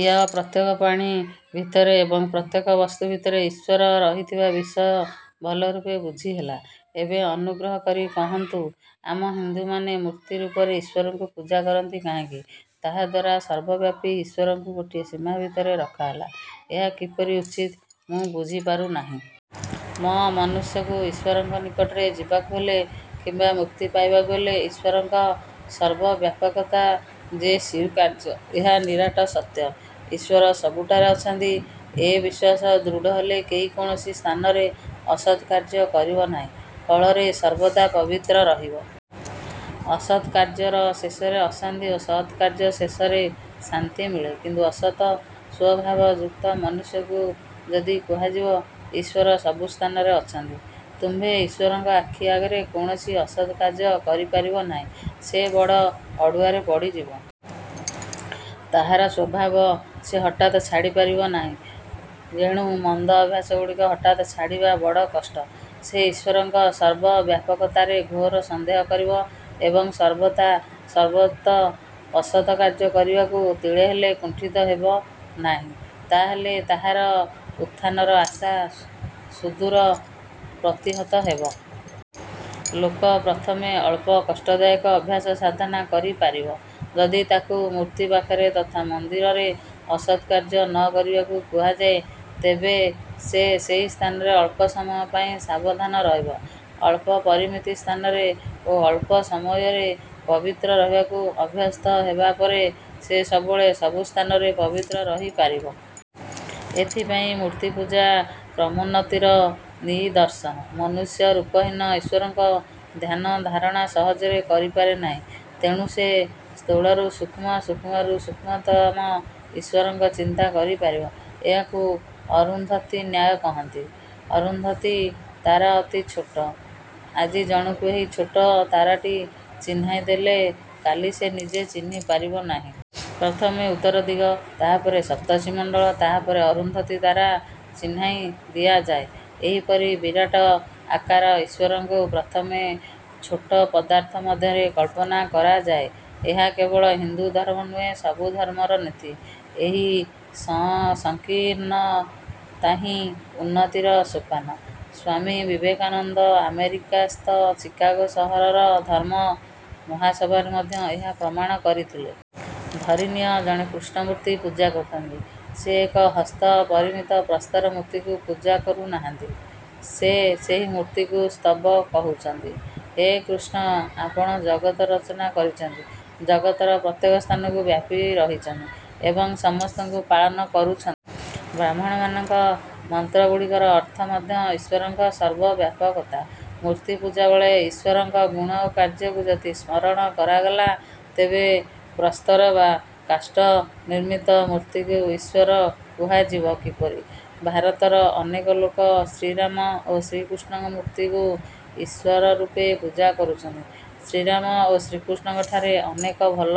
ୟ-ପ୍ରତ୍ୟେକ ପ୍ରାଣୀ ଭିତରେ ଏବଂ। ପ୍ରତ୍ୟେକ ବସ୍ତୁ ଭିତରେ ଈଶ୍ଵର ରହିଥିବା ବିଷୟ ଭଲରୂପେ ବୁଝି ହେଲା। ଏବେ ଅନୁଗ୍ରହ କରି କହନ୍ତୁ, ଆମ ହିନ୍ଦୁମାନେ ମୂର୍ତ୍ତି ରୂପରେ ଈଶ୍ଵରଙ୍କୁ ପୂଜା କରନ୍ତି କାହିଁକି? ତାହାଦ୍ୱାରା ସର୍ବବ୍ୟାପୀ ଈଶ୍ଵରଙ୍କୁ ଗୋଟିଏ ସୀମା ଭିତରେ ରଖାଗଲା। ଏହା କିପରି ଉଚିତ, ମୁଁ ବୁଝିପାରୁ ନାହିଁ। ମ-ମନୁଷ୍ୟକୁ ଈଶ୍ଵରଙ୍କ ନିକଟକୁ ଯିବାକୁ ହେଲେ କିମ୍ବା ମୁକ୍ତି ପାଇବାକୁ ହେଲେ ଈଶ୍ଵରଙ୍କ ସର୍ବବ୍ୟାପକତା ଯେ ସ୍ଵୀକାର୍ଯ୍ୟ, ଏହା ନିରାଟ ସତ୍ୟ। ଈଶ୍ଵର ସବୁଠାରେ ଅଛନ୍ତି, ଏ ବିଶ୍ଵାସ ଦୃଢ଼ ହେଲେ କେହି କୌଣସି ସ୍ଥାନରେ ଅସତ୍ କାର୍ଯ୍ୟ କରିବ ନାହିଁ; ଫଳରେ ସର୍ବଦା ପବିତ୍ର ରହିବ। ଅସତ୍ କାର୍ଯ୍ୟର ଶେଷରେ ଅଶାନ୍ତି ଓ ସତ୍ କାର୍ଯ୍ୟ ଶେଷରେ ଶାନ୍ତି ମିଳେ। କିନ୍ତୁ ଅସତ୍ ସ୍ଵଭାବ ଯୁକ୍ତ ମନୁଷ୍ୟକୁ ଯଦି କୁହାଯିବ, "ଈଶ୍ଵର ସବୁ ସ୍ଥାନରେ ଅଛନ୍ତି। ତୁମ୍ଭେ ଈଶ୍ଵରଙ୍କ ଆଖି ଆଗରେ କୌଣସି ଅସତ୍ କାର୍ଯ୍ୟ କରିପାରିବ ନାହିଁ। " ସେ ବଡ଼ ଅଡ଼ୁଆରେ ପଡ଼ିଯିବ। ତାହାର ସ୍ଵଭାବ ସେ ହଠାତ୍ ଛାଡ଼ିପାରିବ ନାହିଁ। ଯେଣୁ ମନ୍ଦ ଅଭ୍ୟାସଗୁଡ଼ିକ ହଠାତ୍ ଛାଡ଼ିବା ବଡ଼ କଷ୍ଟ। ସେ ଈଶ୍ଵରଙ୍କ ସର୍ବବ୍ୟାପକତାରେ ଘୋର ସନ୍ଦେହ କରିବ ଏବଂ ସର୍ବଦା ସର୍ବତ୍ର ଅସତ୍ କାର୍ଯ୍ୟ କରିବାକୁ ତିଳେହେଲେ କୁଣ୍ଠିତ ହେବ ନାହିଁ। ତାହାହେଲେ ତାହାର ଉତ୍ଥାନର ଆଶା ସୁଦୂର ପ୍ରତିହତ ହେବ-। ଲୋକ ପ୍ରଥମେ ଅଳ୍ପ କଷ୍ଟଦାୟକ ଅଭ୍ୟାସ ସାଧନ କରିପାରିବ। ଯଦି ତାକୁ ମୂର୍ତ୍ତି ପାଖରେ ତଥା ମନ୍ଦିରରେ ଅସତ୍ କାର୍ଯ୍ୟ ନ କରିବାକୁ କୁହାଯାଏ, ତେବେ ସେ ସେହି ସ୍ଥାନରେ ଅଳ୍ପ ସମୟ ପାଇଁ ସାବଧାନ ରହିବ। ଅଳ୍ପ ପରିମିତି ସ୍ଥାନରେ ଓ ଅଳ୍ପ ସମୟରେ ପବିତ୍ର ରହିବାକୁ ଅଭ୍ୟସ୍ତ ହେବା ପରେ ସେ ସବୁବେଳେ ସବୁ ସ୍ଥାନରେ ପବିତ୍ର ରହି ପାରିବ। ଏଥିପାଇଁ ମୂର୍ତ୍ତିପୂଜା କ୍ରମୋନ୍ନତିର ନିଦର୍ଶନ। ମନୁଷ୍ୟ ରୂପହୀନ ଈଶ୍ଵରଙ୍କ ଧ୍ୟାନ ଧାରଣା ସହଜରେ କରିପାରେ ନାହିଁ। ତେଣୁ ସେ ସ୍ଥୂଳରୁ ସୂକ୍ଷ୍ମ, ସୂକ୍ଷ୍ମରୁ ସୂକ୍ଷ୍ମତମ ଈଶ୍ଵରଙ୍କ ଚିନ୍ତା କରିପାରିବ। ଏହାକୁ ଅରୁନ୍ଧତୀନ୍ୟାୟ କହନ୍ତି। ଅରୁନ୍ଧତୀ ତାରା ଅତି ଛୋଟ। ଆଜି ଜଣକୁ ଏହି ଛୋଟ ତାରାଟି ଚିହ୍ନାଇ ଦେଲେ କାଲି ସେ ନିଜେ ଚିହ୍ନି ପାରିବ ନାହିଁ। ପ୍ରଥମେ ଉତ୍ତର ଦିଗ, ତାହାପରେ ସପ୍ତର୍ଷିମଣ୍ଡଳ, ତାହାପରେ ଅରୁନ୍ଧତୀ ତାରା ଚିହ୍ନାଇ ଦିଆଯାଏ। ଏହିପରି ବିରାଟ ଆକାର ଈଶ୍ଵରଙ୍କୁ ପ୍ରଥମେ ଛୋଟ ପଦାର୍ଥ ମଧ୍ୟରେ କଳ୍ପନା କରାଯାଏ। ଏହା କେବଳ ହିନ୍ଦୁ ଧର୍ମ ନୁହେଁ, ସବୁ ଧର୍ମର ନୀତି। ଏହି ସଂକୀର୍ଣ୍ଣତାହିଁ ଉନ୍ନତିର ସୋପାନ। ସ୍ଵାମୀ ବିକେକାନନ୍ଦ ଆମେରିକାସ୍ଥ ଚିକାଗୋ ସହରର ଧର୍ମ ମହାସଭାରେ ମଧ୍ୟ ଏହା ପ୍ରମାଣ କରିଥିଲେ। ଧରିନିଅ, ଜଣେ କୃଷ୍ଣ ମୂର୍ତ୍ତି ପୂଜା କରୁଛନ୍ତି। ସେ ଏକ ହସ୍ତ ପରିମିତ ପ୍ରସ୍ତର ମୂର୍ତ୍ତିକୁ ପୂଜା କରୁ ନାହାନ୍ତି। ସେ ସେହି ମୂର୍ତ୍ତିକୁ ସ୍ତବ କରୁଛନ୍ତି, "ହେ କୃଷ୍ଣ! ଆପଣ ଜଗତ ରଚନା କରିଛନ୍ତି, ଜଗତର ପ୍ରତ୍ୟେକ ସ୍ଥାନକୁ ବ୍ୟାପି ରହିଛନ୍ତି ଏବଂ ସମସ୍ତଙ୍କୁ ପାଳନ କରୁଛନ୍ତି। " ବ୍ରାହ୍ମଣମାନଙ୍କ ମନ୍ତ୍ରଗୁଡ଼ିକର ଅର୍ଥ ମଧ୍ୟ ଈଶ୍ଵରଙ୍କ ସର୍ବ ବ୍ୟାପକତା। ମୂର୍ତ୍ତି ପୂଜା ବେଳେ ଈଶ୍ଵରଙ୍କ ଗୁଣ ଓ କାର୍ଯ୍ୟକୁ ଯଦି ସ୍ମରଣ କରାଗଲା, ତେବେ ପ୍ରସ୍ତର ବା କାଷ୍ଠ ନିର୍ମିତ ମୂର୍ତ୍ତିକୁ ଈଶ୍ଵର କୁହାଯିବ କିପରି? ଭାରତର ଅନେକ ଲୋକ ଶ୍ରୀରାମ ଓ ଶ୍ରୀକୃଷ୍ଣଙ୍କ ମୂର୍ତ୍ତିକୁ ଈଶ୍ଵରରୂପେ ପୂଜା କରୁଛନ୍ତି। ଶ୍ରୀରାମ ଓ ଶ୍ରୀକୃଷ୍ଣଙ୍କ ଠାରେ ଅନେକ ଭଲ